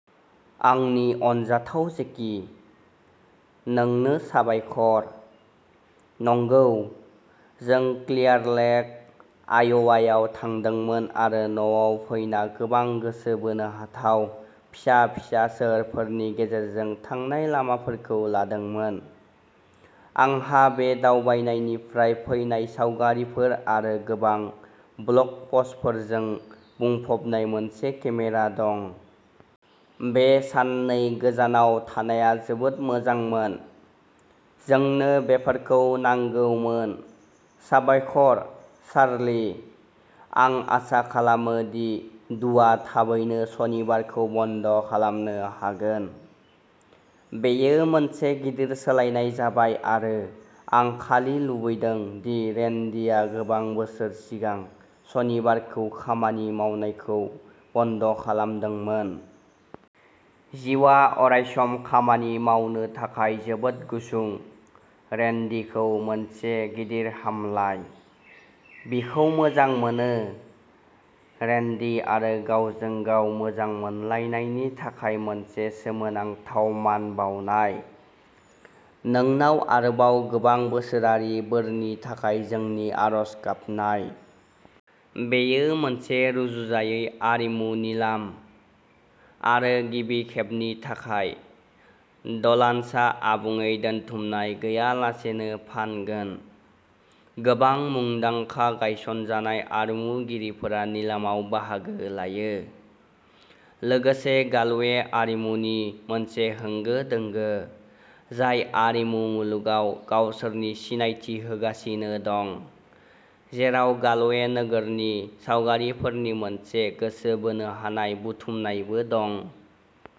आंनि अनजाथाव जेकी, नोंनो साबायखर। नंगौ, जों क्लियार लेक, आय'वायाव थांदोंमोन आरो न'आव फैना गोबां गोसो बोनो हाथाव फिसा फिसा सोहोरफोरनि गेजेरजों थांनाय लामाफोरखौ लादोंमोन। आंहा बे दावबायनायनिफ्राय फैनाय सावगारिफोर आरो गोबां ब्लग पस्टफोरजों बुंफबनाय मोनसे केमेरा दं। बे साननै गोजानाव थानाया जोबोद मोजांमोन। जोंनो बेफोरखौ नांगौमोन। साबायखर, चार्ली। आं आसा खालामो दि ड्रुआ थाबैनो सनिबारखौ बन्द'खालामनो हागोन। बेयो मोनसे गिदिर सोलायनाय जाबाय आरो आं खालि लुबैदों दि रेन्डिआ गोबां बोसोर सिगां सनिबारखौ खामानि मावनायखौ बन्द'खालामदोंमोन। जिउआ अरायसम खामानि मावनो थाखाय जोबोद गुसुं। रेन्डिखौ मोनसे गिदिर हामलाय!!! बेखौ मोजां मोनो। रेन्डि आरो गावजों गाव मोजां मोनलायनायनि थाखाय मोनसे सोमोनांथाव मान बाउनाय। नोंनाव आरोबाव गोबां बोसोरारि बोरनि थाखाय जोंनि आरज गाबनाय। बेयो मोनसे रुजुजायै आरिमु निलाम, आरो गिबि खेबनि थाखाय, ड'लान्सआ आबुङै दोनथुमनाय गैयालासेनो फान्गोन। गोबां मुंदांखा गायसनजानाय आरिमुगिरिफोरा निलामाव बाहागो लायो, लोगोसे गालवे आरिमुनि मोनसे होंगो दोंगो, जाय आरिमु मुलुगाव गावसोरनि सिनायथि होगासिनो दं, जेराव गालवे नोगोरनि सावगारिफोरनि मोनसे गोसो बोनो हानाय बुथुमनायबो दं।